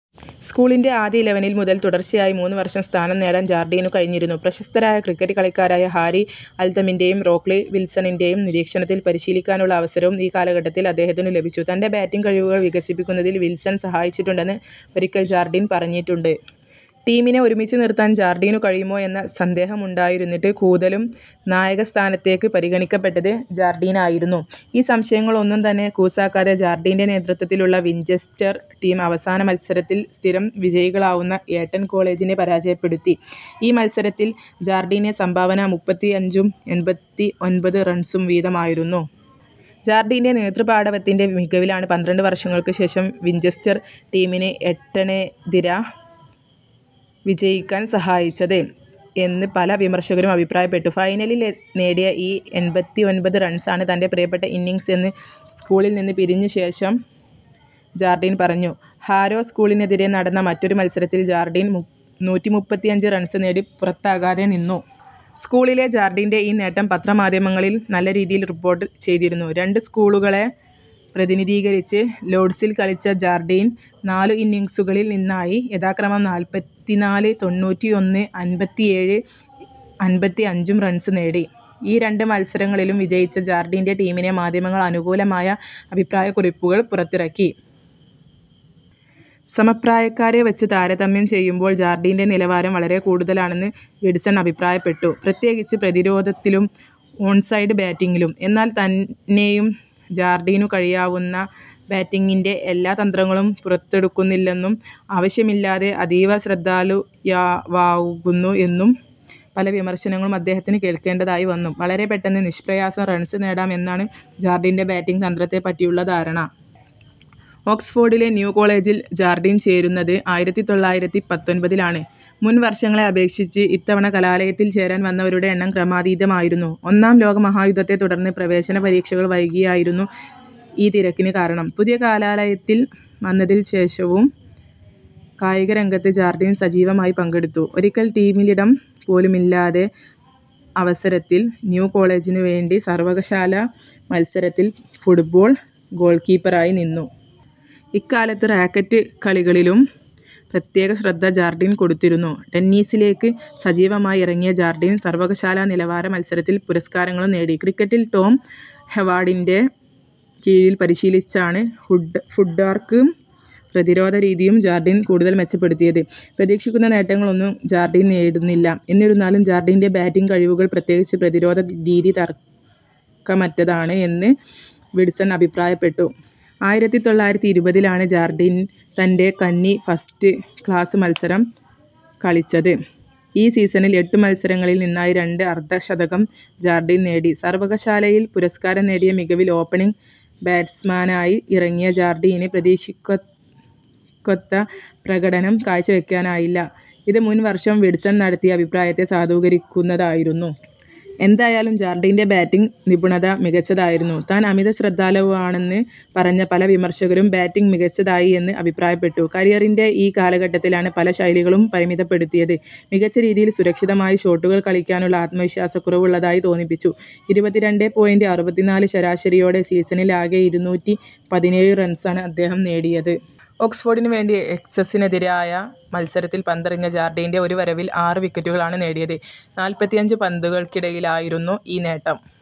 സ്കൂളിൻ്റെ ആദ്യ ഇലവനിൽ മുതൽ തുടർച്ചയായി മൂന്ന് വർഷം സ്ഥാനം നേടാൻ ജാർഡീനു കഴിഞ്ഞിരുന്നു. പ്രശസ്തരായ ക്രിക്കറ്റ് കളിക്കാരായ ഹാരി അൽതമിൻ്റേയും റോക്ലി വിൽസണിൻ്റേയും നിരീക്ഷണത്തിൽ പരിശീലിക്കാനുള്ള അവസരവും ഈകാല ഘട്ടത്തിൽ അദ്ദേഹത്തിനു ലഭിച്ചു. തൻ്റെ ബാറ്റിംഗ് കഴിവുകൾ വികസിപ്പിക്കുന്നതിൽ വിൽസൺ സഹായിച്ചിട്ടുണ്ടെന്ന് ഒരിക്കൽ ജാർഡീൻ പറഞ്ഞിട്ടുണ്ട്. ടീമിനെ ഒരുമിച്ച് നിർത്താൻ ജാർഡീനു കഴിയുമോ എന്ന സന്ദേഹമുണ്ടായിരുന്നിട്ട് കൂതലും നായകസ്ഥാനത്തേക്ക് പരിഗണിക്കപ്പെട്ടത് ജാർഡീനായിരുന്നു. ഈ സംശയങ്ങൾ ഒന്നും തന്നെ കൂസാക്കാതെ ജാർഡീൻ്റെ നേതൃത്തത്തിലുള്ള വിഞ്ചെസ്റ്റർ ടീം അവസാന മത്സരത്തിൽ സ്ഥിരം വിജയികളാവുന്ന ഏട്ടൺ കോളജിനെ പരാജയപ്പെടുത്തി. ഈ മത്സരത്തിൽ ജാർഡീൻ്റെ സംഭാവന മുപ്പത്തിഅഞ്ചും എൺപത്തിഒൻപത് റൺസും വീതമായിരുന്നു. ജാർഡീൻ്റെ നേതൃ പാഠവത്തിൻ്റെ മികവിലാണ് പന്ത്രണ്ട് വർഷങ്ങൾക്ക് ശേഷം വിഞ്ചെസ്റ്റർ ടീമിന് ഏട്ടണെതിര വിജയിക്കാൻ സഹായിച്ചത് എന്ന് പല വിമർശകരും അഭിപ്രായപ്പെട്ടു. ഫൈനലിൽ നേടിയ ഈ എൺപത്തിഒൻപത് റൺസാണ് തൻ്റെ പ്രിയപ്പെട്ട ഇന്നിംഗ്സ് എന്ന് സ്കൂളിൽ നിന്നു പിരിഞ്ഞ ശേഷം ജാർഡീൻ പറഞ്ഞു. ഹാരോ സ്കൂളിനെതിരെ നടന്ന മറ്റൊരു മത്സരത്തിൽ ജാർഡീൻ നൂറ്റിമുപ്പത്തിഅഞ്ച് റൺസ് നേടി പുറത്താകാതെ നിന്നു. സ്കൂളിലെ ജാർഡീൻ്റെ ഈ നേട്ടം പത്ര മാധ്യമങ്ങളിൽ നല്ല രീതിയിൽ റിപ്പോർട്ട് ചെയ്തിരുന്നു. രണ്ട് സ്കൂളുകളെ പ്രതിനിധീകരിച്ച് ലോഡ്സിൽ കളിച്ച ജാർഡീൻ നാലു ഇന്നിംഗ്സുകളിൽ നിന്നായി യഥാക്രമം നാല്പത്തിനാല്, തൊണ്ണൂറ്റിഒന്ന്, അൻപത്തിഏഴ്, അൻപത്തിഅഞ്ചും റൺസ് നേടി, ഈ രണ്ട് മത്സരങ്ങളിലും വിജയിച്ച ജാർഡിൻ്റെ ടീമിനെ മാധ്യമങ്ങൾ അനുകൂലമായ അഭിപ്രായകുറിപ്പുകൾ പുറത്തിറക്കി. സമപ്രായക്കാരെ വച്ച് താരതമ്യം ചെയ്യുമ്പോൾ ജാർഡീൻ്റെ നിലവാരം വളരെ കൂടുതലാണന്ന് വിസ്ഡൺ അഭിപ്രായപ്പെട്ടു, പ്രത്യേകിച്ച് പ്രതിരോധത്തിലും ഓൺ സൈഡ് ബാറ്റിംഗിലും. എന്നാൽ തന്നെയും ജാർഡീനു കഴിയാവുന്ന ബാറ്റിംഗിൻ്റെ എല്ലാ തന്ത്രങ്ങളും പുറത്തെടുക്കുന്നില്ലെന്നും അവിശ്യമില്ലാതെ അതീവ ശ്രദ്ധാലുയാവാകുന്നു എന്നും പല വിമർശനങ്ങളും അദ്ദേഹത്തിന് കേൾക്കേണ്ടതായി വന്നു. വളരെ പെട്ടെന്ന് നിഷ്പ്രയാസം റൺസ് നേടാം എന്നാണ് ജാർഡീൻ്റെ ബാറ്റിംഗ് തന്ത്രത്തെ പറ്റിയുള്ള ധാരണ. ഓക്സ്ഫോർഡിലെ ന്യൂ കോളജിൽ ജാർഡീൻ ചേരുന്നത് ആയിരത്തിതൊള്ളായിരത്തിപത്തൊൻപതിലാണ്. മുൻ വർഷങ്ങളെ അപേക്ഷിച്ച് ഇത്തവണ കലാലയത്തിൽ ചേരാൻ വന്നവരുടെ എണ്ണം ക്രമാതീതമായിരുന്നു. ഒന്നാം ലോകമഹായുദ്ധത്തെ തുടർന്ന് പ്രവേശന പരീക്ഷകൾ വൈകിയാ യിരുന്നു ഈ തിരക്കിന് കാരണം. പുതിയ കലാലയത്തിൽ വന്നതിനു ശേഷവും കായിക രംഗത്ത് ജാർഡീൻ സജീവമായി പങ്കെടുത്തു, ഒരിക്കൽ ടീമിലിടം പോലുമില്ലാതെ അവസരത്തിൽ ന്യൂ കോളജിനു വേണ്ടി സർവകലാശാല മത്സരത്തിൽ ഫുട്ബോൾ ഗോൾകീപ്പറായി നിന്നു. ഈക്കാലത്ത് റാക്കറ്റ് കളികളിലും പ്രത്യേക ശ്രദ്ധ ജാർഡീൻ കൊടുത്തിരുന്നു, ടെന്നീസിലേക്ക് സജീവമായി ഇറങ്ങിയ ജാർഡീൻ സർവ്വകലാശാല നിലവാര മത്സരത്തിൽ പുരസ്കാരങ്ങളും നേടി. ക്രിക്കറ്റിൽ ടോം ഹേവാർഡിൻ്റെ കീഴിൽ പരീശിലിച്ചാണ്ഫുഡ് ഫുട്വർക്കും പ്രതിരോധ രീതിയും ജാർഡീൻ കൂടുതൽ മെച്ചപ്പെടുത്തിയത്. പ്രതീക്ഷിക്കുന്ന നേട്ടങ്ങൾ ഒന്നും ജാർഡീൻ നേടുന്നില്ല, എന്നിരുന്നാലും ജാർഡീൻ്റെ ബാറ്റിംഗ് കഴിവുകൾ പ്രത്യേകിച്ച് പ്രതിരോധ രീതി തർക്കമറ്റതാണ് എന്ന് വിസ്ഡൺ അഭിപ്രായപ്പെട്ടു. ആയിരത്തിതൊള്ളായിരത്തിഇരുപതിലാണ് ജാർഡീൻ തൻ്റെ കന്നി ഫസ്റ്റ് ക്ലാസ് മത്സരം കളിച്ചത്, ഈ സീസണിൽ എട്ടു മത്സരങ്ങളിൽ നിന്നായി രണ്ട് അർദ്ധ ശതകം ജാർഡീൻ നേടി. സർവകശാലയിൽ പുരസ്കാരം നേടിയ മികവിൽ ഓപ്പണിംഗ് ബാറ്റ്സ്മാനായി ഇറങ്ങിയ ജാർഡീന് പ്രതീക്ഷക്കൊത്ത പ്രകടനം കാഴ്ചവയ്ക്കാനായില്ല, ഇത് മുൻ വർഷം വിസ്ഡൺ നടത്തിയ അഭിപ്രായത്തെ സാധൂകരിക്കുന്നതായിരുന്നു. എന്തായാലും ജാർഡീൻ്റെ ബാറ്റിംഗ് നിപുണത മികച്ചതായിരുന്നു, താൻ അമിത ശ്രദ്ധാലുവാണെന്ന് പറഞ്ഞ പല വിമർശകരും ബാറ്റിംഗ് മികച്ചതായി എന്ന് അഭിപ്രായപ്പെട്ടു. കരിയറിൻ്റെ ഈകാല ഘട്ടത്തിലാണ് പല ശൈലികളും പരിമിതപ്പെടുത്തിയത്, മികച്ച രീതിയിൽ സുരക്ഷിതമായി ഷോട്ടുകൾ കളിയ്ക്കാനുള്ള അത്മവിശ്വാസക്കുറവുള്ളതായി തോന്നിപ്പിച്ചു. ഇരുപത്തിരണ്ടെ പോയിൻ്റ് അറുപത്തിനാല് ശരാശരിയോടേ സീസണിൽ ആകെ ഇരുന്നൂറ്റിപതിനേഴ് റൺസാണ് അദ്ദേഹം നേടിയത്. ഓക്സ്ഫോർഡിനു വേണ്ടി എസെക്സിനെതിരായ മത്സരത്തിൽ പന്തെറിഞ്ഞ ജാർഡീൻ്റെ ഒരു വരവിൽ ആറ് വിക്കറ്റുകളാണ് നേടിയത് നാല്പത്തിഅഞ്ച് പന്തുകൾക്കിടയിലായിരുന്നൂ ഈ നേട്ടം.